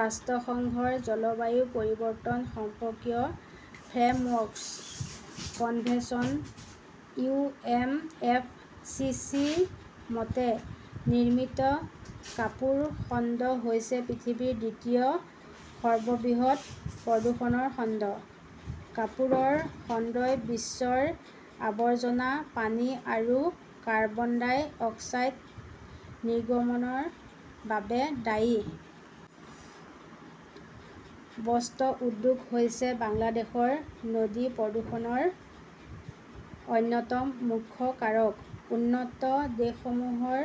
ৰাষ্ট্ৰসংঘৰ জলবায়ু পৰিৱৰ্তন সম্পৰ্কীয় framework convention U. N. F. C. C. -ৰ মতে, নিৰ্মিত কাপোৰ খণ্ড হৈছে পৃথিৱীৰ দ্বিতীয় সৰ্ববৃহৎ প্ৰদূষক খণ্ড। কাপোৰৰ খণ্ডই বিশ্বৰ আৱৰ্জনা পানী আৰু কাৰ্বন ডাই অক্সাইড নিৰ্গমনৰ বাবে দায়ী। বস্ত্ৰ উদ্যোগ হৈছে বাংলাদেশৰ নদী প্ৰদূষণৰ অন্যতম মুখ্য কাৰক। উন্নত দেশসমূহে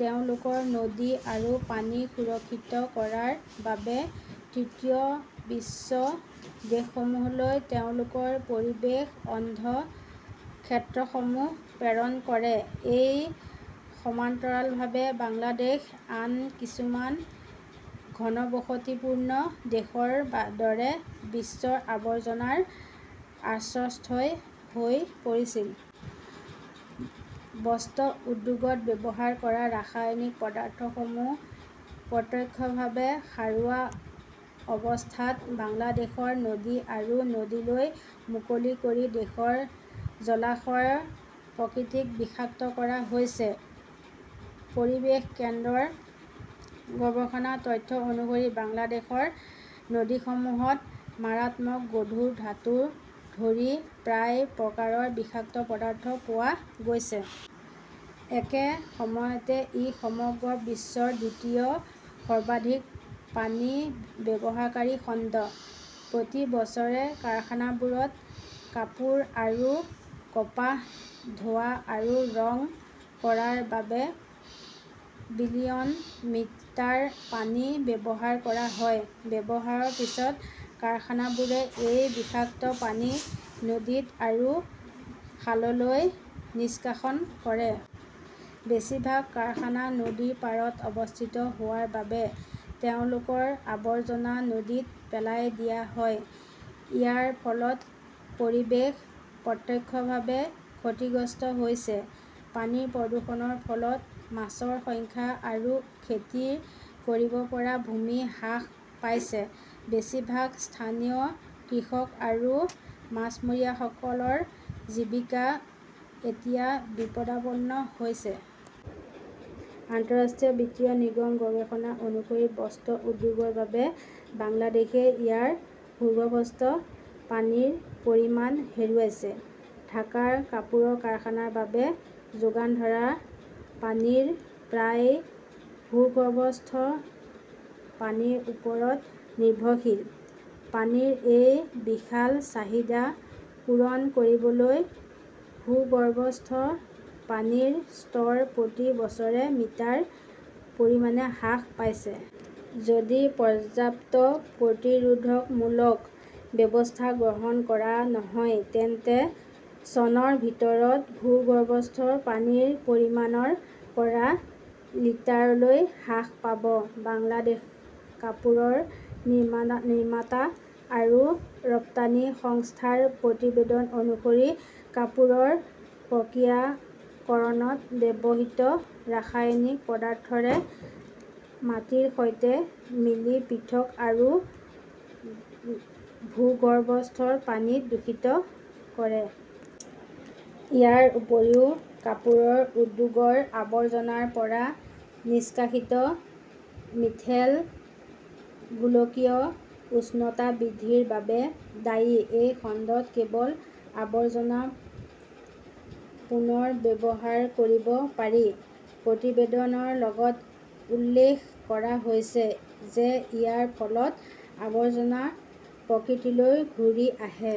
তেওঁলোকৰ নদী আৰু পানী সুৰক্ষিত কৰাৰ বাবে তৃতীয় বিশ্বৰ দেশসমূহলৈ তেওঁলোকৰ পৰিৱেশ অন্ধ ক্ষেত্ৰসমূহ প্ৰেৰণ কৰে। ইয়াৰ সমান্তৰালভাৱে বাংলাদেশ আন কিছুমান ঘনবসতিপূৰ্ণ দেশৰ দৰে বিশ্বৰ আৱৰ্জনাৰ আশ্ৰয়স্থল হৈ পৰিছিল। বস্ত্ৰ উদ্যোগত ব্যৱহাৰ কৰা ৰাসায়নিক পদাৰ্থসমূহ প্ৰত্যক্ষভাৱে খাৰুৱা অৱস্থাত বাংলাদেশৰ নদী আৰু নদীলৈ মুকলি কৰি দেশৰ জলাশয়ৰ প্ৰকৃতিক বিষাক্ত কৰা হৈছে। পৰিৱেশ কেন্দ্ৰৰ গৱেষণা তথ্য অনুসৰি, বাংলাদেশৰ নদীসমূহত মাৰাত্মক গধুৰ ধাতুকে ধৰি প্ৰায় প্ৰকাৰৰ বিষাক্ত পদাৰ্থ পোৱা গৈছে। একে সময়তে ই সমগ্ৰ বিশ্বৰ দ্বিতীয় সৰ্বাধিক পানী ব্যৱহাৰকাৰী খণ্ড। প্ৰতি বছৰে কাৰখানাবোৰত কাপোৰ আৰু কপাহ ধোৱা আৰু ৰং কৰাৰ বাবে বিলিয়ন লিটাৰ পানী ব্যৱহাৰ কৰা হয়। ব্যৱহাৰৰ পিছত কাৰখানাবোৰে এই বিষাক্ত পানী নদী আৰু খাললৈ নিষ্কাশন কৰে। বেছিভাগ কাৰখানা নদীৰ পাৰত অৱস্থিত হোৱাৰ বাবে তেওঁলোকৰ আৱৰ্জনা নদীত পেলাই দিয়া হয়। ইয়াৰ ফলত পৰিৱেশ প্ৰত্যক্ষভাৱে ক্ষতিগ্ৰস্ত হৈছে। পানীৰ প্ৰদূষণৰ ফলত মাছৰ সংখ্যা আৰু খেতি কৰিব পৰা ভূমি হ্ৰাস পাইছে। বেছিভাগ স্থানীয় কৃষক আৰু মাছমৰীয়াসকলৰ জীৱিকা এতিয়া বিপদাপন্ন হৈছে। আন্তঃৰাষ্ট্ৰীয় বিত্ত নিগমৰ গৱেষণা অনুসৰি, বস্ত্ৰ উদ্যোগৰ বাবে বাংলাদেশই ইয়াৰ ভূগৰ্ভস্থ পানীৰ পৰিমাণ হেৰুৱাইছে। ঢাকাৰ কাপোৰ কাৰখানাৰ বাবে যোগান ধৰা পানীৰ প্ৰায় ভূগৰ্ভস্থ পানীৰ ওপৰত নিৰ্ভৰশীল। পানীৰ এই বিশাল চাহিদা পূৰণ কৰিবলৈ, ভূগৰ্ভস্থ পানীৰ স্তৰ প্ৰতি বছৰে মিটাৰ পৰিমাণে হ্ৰাস পাইছে। যদি পৰ্যাপ্ত প্ৰতিৰোধমূলক ব্যৱস্থা গ্ৰহণ কৰা নহয়, তেন্তে চনৰ ভিতৰত ভূগৰ্ভস্থ পানীৰ পৰিমাণ ৰ পৰা মিটাৰলৈ হ্ৰাস পাব। বাংলাদেশ কাপোৰ নিৰ্মাতা আৰু ৰপ্তানি সংস্থাৰ প্ৰতিবেদন অনুসৰি কাপোৰ প্ৰক্ৰিয়াকৰণত ব্যৱহৃত ৰাসায়নিক পদাৰ্থবোৰে মাটিৰ সৈতে মিলি পৃষ্ঠ আৰু ভূগৰ্ভস্থ পানী দূষিত কৰে। ইয়াৰ উপৰিও কাপোৰ উদ্যোগৰ আৱৰ্জনাৰ পৰা নিষ্কাশিত মিথেন গোলকীয় উষ্ণতা বৃদ্ধিৰ বাবে দায়ী। এই খণ্ডত কেৱল আৱৰ্জনা পুনৰ ব্যৱহাৰ কৰিব পাৰি। প্ৰতিবেদনত লগতে উল্লেখ কৰা হৈছে যে ইয়াৰ ফলত আৱৰ্জনা প্ৰকৃতিলৈ ঘূৰি আহে।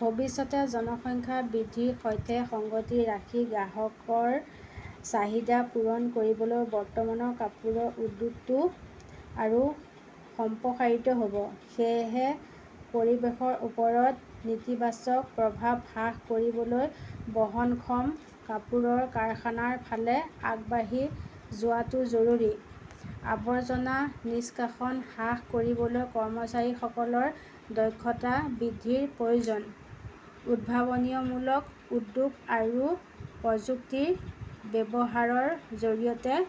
ভৱিষ্যতে জনসংখ্যা বৃদ্ধিৰ সৈতে সংগতি ৰাখি গ্ৰাহকৰ চাহিদা পূৰণ কৰিবলৈ বৰ্তমানৰ কাপোৰ উদ্যোগটো আৰু সম্প্ৰসাৰিত হ 'ব। সেয়েহে পৰিৱেশৰ ওপৰত নেতিবাচক প্ৰভাৱ হ্ৰাস কৰিবলৈ বহনক্ষম কাপোৰৰ কাৰখানাৰ ফালে আগবাঢ়ি যোৱাটো জৰুৰী। আৱৰ্জনা নিষ্কাশন হ্ৰাস কৰিবলৈ কৰ্মচাৰীসকলৰ দক্ষতা বৃদ্ধিৰ প্ৰয়োজন। উদ্ভাৱনীমূলক উদ্যোগ আৰু প্ৰযুক্তিৰ ব্যৱহাৰৰ জৰিয়তে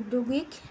ঔদ্যোগিক